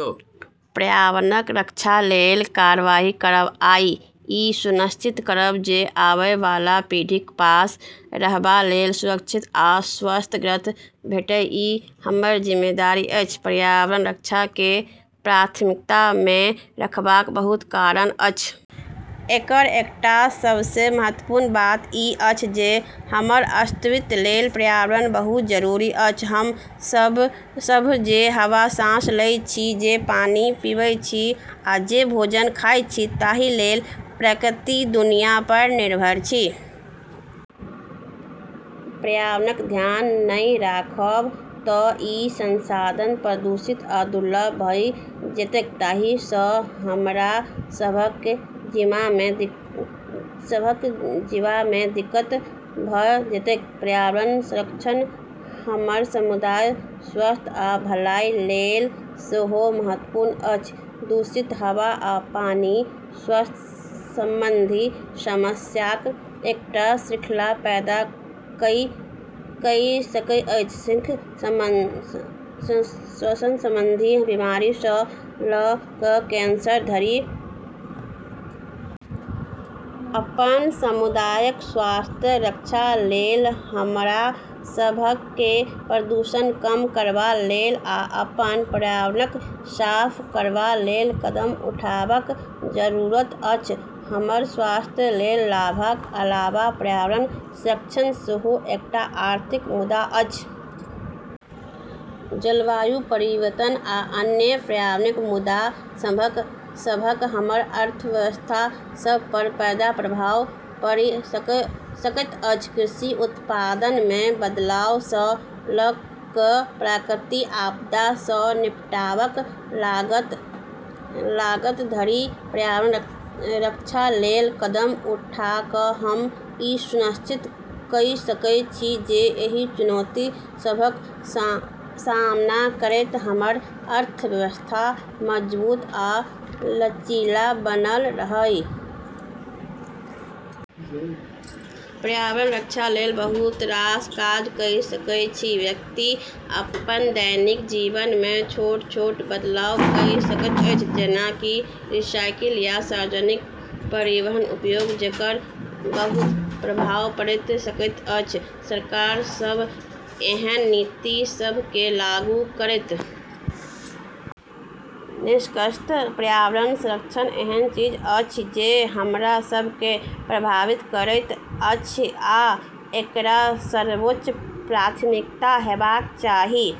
पर्यावरणक रक्षा लेल कार्रवाई करब आ ई सुनिश्चित करब जे आबए बला पीढ़ीक पास रहबा लेल सुरक्षित आ स्वस्थ ग्रह भेटए, ई हमर जिम्मेदारी अछि। पर्यावरण संरक्षणकेँ प्राथमिकता मे रखबाक बहुत कारण अछि। एकर एकटा सबसँ महत्वपूर्ण बात ई अछि जे हमर अस्तित्व लेल पर्यावरण बहुत जरूरी अछि। हम सभ जे हवा साँस लैत छी, जे पानि पीबैत छी, आ जे भोजन खाइत छी ताहि लेल प्राकृतिक दुनिया पर निर्भर छी। पर्यावरणक ध्यान नहि राखब तँ ई संसाधन प्रदूषित आ दुर्लभ भऽ जेतैक, जाहि सँ हमरा सभ केँ जीबामे दिक्कत भऽ जेतैक। पर्यावरण संरक्षण हमर समुदायक स्वास्थ्य आ भलाइ लेल सेहो महत्वपूर्ण अछि। प्रदूषित हवा आ पानि स्वास्थ्य संबंधी समस्याक एकटा श्रृंखला पैदा कइ सकैत अछि, श्वसन संबंधी बीमारी सँ लऽ कऽ कैंसर धरि। अपन समुदायक स्वास्थ्यक रक्षा लेल हमरा सभ केँ प्रदूषण कम करबा लेल आ अपन पर्यावरणकेँ साफ करबा लेल कदम उठाबबाक जरूरत अछि। हमर स्वास्थ्य लेल लाभक अलावा पर्यावरण संरक्षण सेहो एकटा आर्थिक मुद्दा अछि। जलवायु परिवर्तन आ अन्य पर्यावरणीय मुद्दा सभक हमर अर्थव्यवस्था सभ पर पैघ प्रभाव पड़ि सकैत अछि, कृषि उत्पादन मे बदलाव सँ लऽ कऽ प्राकृतिक आपदा सँ निपटबाक लागत धरि। पर्यावरणक रक्षा लेल कदम उठा कऽ हम ई सुनिश्चित कइ सकैत छी जे एहि चुनौती सभक सामना करैत हमर अर्थव्यवस्था मजबूत आ लचीला बनल रहए। पर्यावरणक रक्षा लेल बहुत रास काज कइ सकैत छी। व्यक्ति अपन दैनिक जीवन मे छोट-छोट बदलाव कइ सकैत अछि, जेना कि रिसाइकिलिंग या सार्वजनिक परिवहनक उपयोग, जेकर बहुत प्रभाव पड़ि सकैत अछि। सरकार सभ एहन नीति सभ केँ लागू करैत सेहो कार्रवाई कइ सकैत अछि जे सतत विकास केँ बढ़ावा दैत अछि आ कमजोर पारिस्थितिकी तंत्रक सुरक्षा करैत अछि। निष्कर्षतः पर्यावरण संरक्षण एहन चीज अछि जे हमरा सभ केँ प्रभावित करैत अछि, आ एकरा सर्वोच्च प्राथमिकता हेबाक चाही।